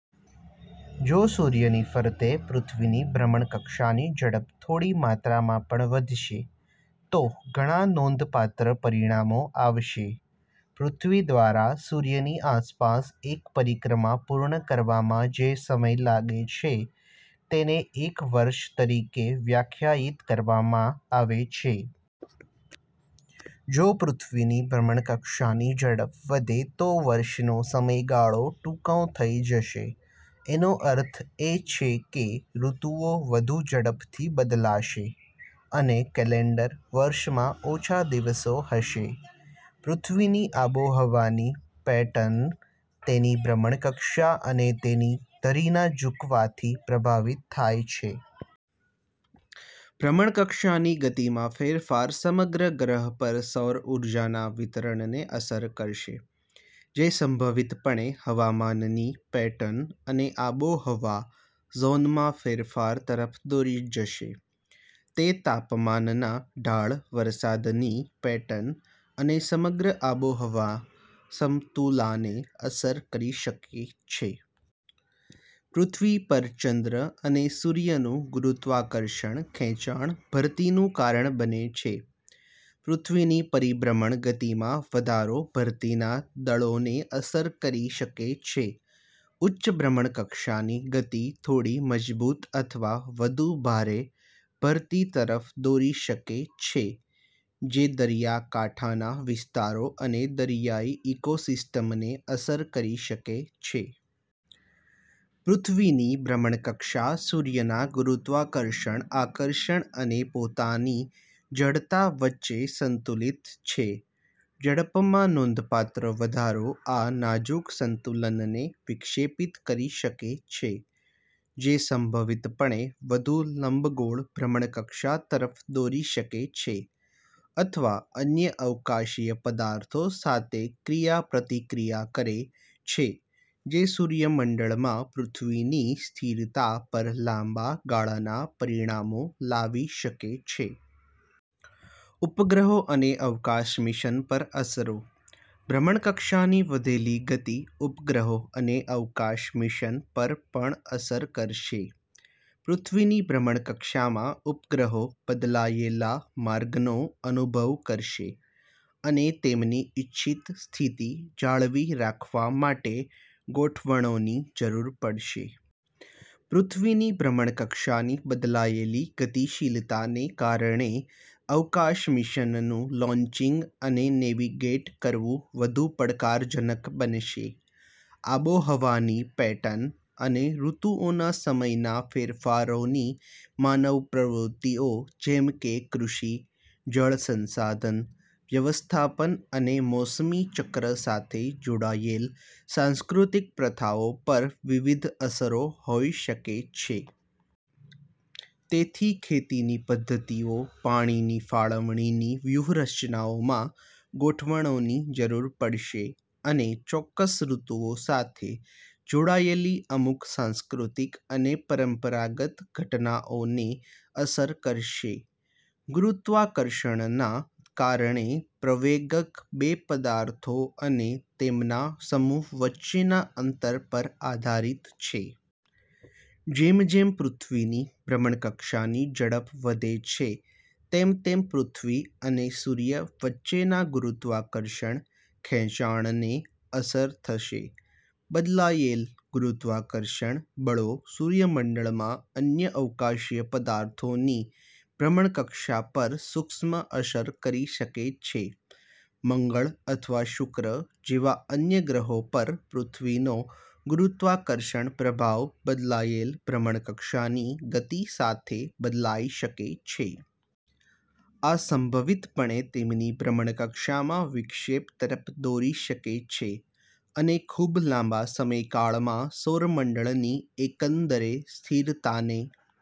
જો સૂર્યની ફરતે પૃથ્વીની ભ્રમણકક્ષાની ઝડપ થોડી માત્રામાં પણ વધશે, તો ઘણા નોંધપાત્ર પરિણામો આવશે: પૃથ્વી દ્વારા સૂર્યની આસપાસ એક પરિક્રમા પૂર્ણ કરવામાં જે સમય લાગે છે તેને એક વર્ષ તરીકે વ્યાખ્યાયિત કરવામાં આવે છે. જો પૃથ્વીની ભ્રમણકક્ષાની ઝડપ વધે તો વર્ષનો સમયગાળો ટૂંકો થઈ જશે. આનો અર્થ એ છે કે ઋતુઓ વધુ ઝડપથી બદલાશે, અને કેલેન્ડર વર્ષમાં ઓછા દિવસો હશે. પૃથ્વીની આબોહવાની પેટર્ન તેની ભ્રમણકક્ષા અને તેની ધરીના ઝુકાવથી પ્રભાવિત થાય છે. ભ્રમણકક્ષાની ગતિમાં ફેરફાર સમગ્ર ગ્રહ પર સૌર ઊર્જાના વિતરણને અસર કરશે, જે સંભવિતપણે હવામાનની પેટર્ન અને આબોહવા ઝોનમાં ફેરફાર તરફ દોરી જશે. તે તાપમાનના ઢાળ, વરસાદની પેટર્ન અને સમગ્ર આબોહવા સમતુલાને અસર કરી શકે છે. પૃથ્વી પર ચંદ્ર અને સૂર્યનું ગુરુત્વાકર્ષણ ખેંચાણ ભરતીનું કારણ બને છે. પૃથ્વીની પરિભ્રમણ ગતિમાં વધારો ભરતી દળોને અસર કરી શકે છે. ઉચ્ચ ભ્રમણકક્ષાની ગતિ થોડી મજબૂત અથવા વધુ ભારે ભરતી તરફ દોરી શકે છે, જે દરિયાકાંઠાના વિસ્તારો અને દરિયાઇ ઇકોસિસ્ટમને અસર કરી શકે છે. પૃથ્વીની ભ્રમણકક્ષા સૂર્યના ગુરુત્વાકર્ષણ આકર્ષણ અને તેની પોતાની જડતા વચ્ચે સંતુલિત છે. ઝડપમાં નોંધપાત્ર વધારો આ નાજુક સંતુલનને વિક્ષેપિત કરી શકે છે, જે સંભવિતપણે વધુ લંબગોળ ભ્રમણકક્ષા તરફ દોરી શકે છે અથવા અન્ય અવકાશી પદાર્થો સાથે ક્રિયાપ્રતિક્રિયા કરે છે, જે સૂર્યમંડળમાં પૃથ્વીની સ્થિરતા પર લાંબા ગાળાના પરિણામો લાવી શકે છે. ઉપગ્રહો અને અવકાશ મિશન પર અસરો: ભ્રમણકક્ષાની વધેલી ગતિ ઉપગ્રહો અને અવકાશ મિશન પર પણ અસર કરશે. પૃથ્વીની ભ્રમણકક્ષામાં ઉપગ્રહો બદલાયેલા માર્ગનો અનુભવ કરશે અને તેમની ઇચ્છિત સ્થિતિ જાળવી રાખવા માટે ગોઠવણોની જરૂર પડશે. પૃથ્વીની ભ્રમણકક્ષાની બદલાયેલી ગતિશીલતાને કારણે અવકાશ મિશનનું લોન્ચિંગ અને નેવિગેટ કરવું વધુ પડકારજનક બનશે. આબોહવાની પેટર્ન અને ઋતુઓના સમયના ફેરફારોની માનવ પ્રવૃત્તિઓ જેમ કે કૃષિ, જળ સંસાધન વ્યવસ્થાપન અને મોસમી ચક્ર સાથે જોડાયેલ સાંસ્કૃતિક પ્રથાઓ પર વિવિધ અસરો હોઈ શકે છે. તેને ખેતીની પદ્ધતિઓ, પાણીની ફાળવણીની વ્યૂહરચનાઓમાં ગોઠવણોની જરૂર પડશે અને ચોક્કસ ઋતુઓ સાથે જોડાયેલી અમુક સાંસ્કૃતિક અને પરંપરાગત ઘટનાઓને અસર કરશે. ગુરુત્વાકર્ષણના કારણે પ્રવેગક બે પદાર્થો અને તેમના સમૂહ વચ્ચેના અંતર પર આધારિત છે. જેમ જેમ પૃથ્વીની ભ્રમણકક્ષાની ઝડપ વધે છે તેમ તેમ પૃથ્વી અને સૂર્ય વચ્ચેના ગુરુત્વાકર્ષણ ખેંચાણને અસર થશે. બદલાયેલ ગુરુત્વાકર્ષણ બળો સૂર્યમંડળમાં અન્ય અવકાશી પદાર્થોની ભ્રમણકક્ષા પર સૂક્ષ્મ અસર કરી શકે છે. મંગળ અથવા શુક્ર જેવા અન્ય ગ્રહો પર પૃથ્વીનો ગુરુત્વાકર્ષણ પ્રભાવ બદલાયેલ ભ્રમણકક્ષાની ગતિ સાથે બદલાઈ શકે છે. આ સંભવિતપણે તેમની ભ્રમણકક્ષામાં વિક્ષેપ તરફ દોરી શકે છે અને ખૂબ લાંબા સમયકાળમાં સૌરમંડળની એકંદર સ્થિરતાને